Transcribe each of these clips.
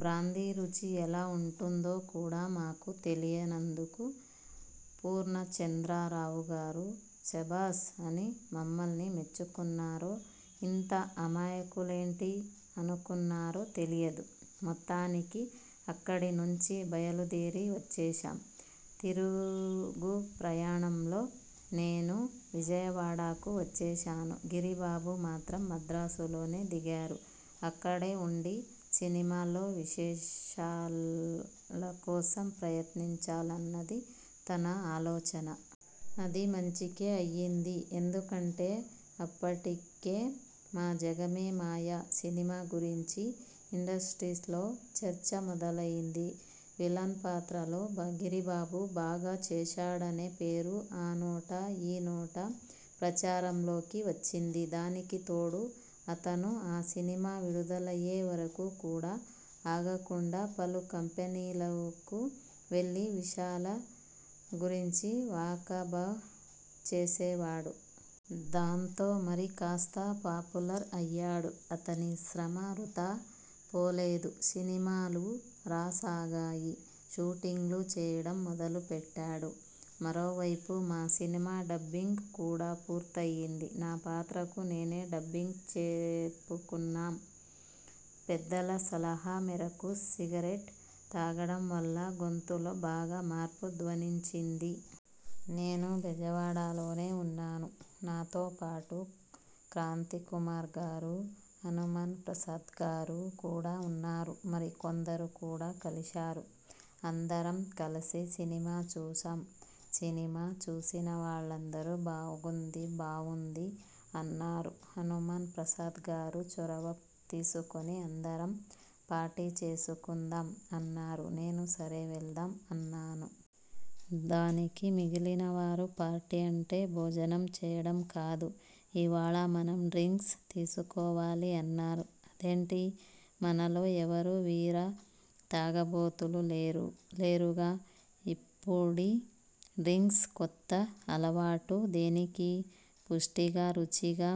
Brandy రుచి ఎలా ఉంటుందో కూడా మాకు తెలియనందుకు పూర్ణచంద్రరావుగారు 'సెబాసు' అని మమ్మల్ని మెచ్చుకున్నారో, 'ఇంత అమాయకులేంటి? ' అనుకున్నారో తెలియదు. మొత్తానికి అక్కడినుంచి బయలుదేరి వచ్చేశాం. తిరుగుప్రయాణంలో నేను విజయవాడకు వచ్చేశాను. గిరిబాబు మాత్రం మద్రాసులోనే దిగారు. అక్కడే ఉండి సినిమాల్లో వేషాలకోసం ప్రయత్నించాలన్నది తన ఆలోచన. అది మంచికే అయింది. ఎందుకంటే అప్పటికే మా 'జగమే మాయ' సినిమా గురించి ఇండస్ర్టీలో చర్చ మొదలైంది. విలన్పాత్రలో గిరిబాబు బాగా చేశాడనే పేరు ఆ నోటా ఈ నోటా ప్రచారంలోకి వచ్చింది. దానికి తోడు అతను ఆ సినిమా విడుదలయ్యే వరకు కూడా ఆగకుండా, పలు కంపెనీలకు వెళ్లి వేషాల గురించి వాకబు చేసేవాడు. దాంతో మరికాస్త పాపులర్ అయ్యాడు. అతని శ్రమ వృథా పోలేదు. సినిమాలు రాసాగాయి. షూటింగ్లు చేయడం మొదలు పెట్టాడు. మరోవైపు మా సినిమా డబ్బింగ్ కూడా పూర్తయింది. నా పాత్రకు నేనే డబ్బింగ్ చెప్పుకున్నా. పెద్దల సలహా మేరకు సిగరెట్ తాగడం వల్ల గొంతులో బాగా మార్పు ధ్వనించింది. నేను బెజవాడలోనే ఉన్నా. నాతో పాటు క్రాంతికుమార్గారు, హనుమాన్ప్రసాద్గారు కూడా ఉన్నారు. మరికొందరు కూడా కలిశారు. అందరం వెళ్లి సినిమా చూశాం. సినిమా చూసిన వాళ్లందరూ 'బావుంది బావుంది' అన్నారు. హనుమాన్ ప్రసాద్ గారు చొరవ తీసుకుని 'అందరం పార్టీ చేసుకుందాం' అన్నారు. నేను 'సరే వెళ్దాం' అన్నాను. దానికి మిగిలినవారు 'పార్టీ అంటే భోజనం చేయడం కాదు, ఇవాళ మనం డ్రింక్స్ తీసుకోవాలి' అన్నారు. 'అదేంటీ, మనలో ఎవరూ వీర తాగుబోతులు లేరుగా, ఇప్పుడీ డ్రింక్స్ కొత్త అలవాటు దేనికీ? పుష్టిగా రుచిగా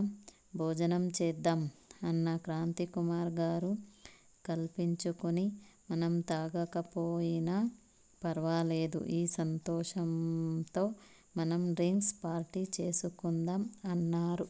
భోజనం చేద్దాం' అన్నా. క్రాంతికుమార్గారు కల్పించుకుని 'మనం తాగకపోయినా ఫర్వాలేదు, ఈ సంతోషంతో మనం డ్రింక్స్ పార్టీ చేసుకుందాం' అన్నారు.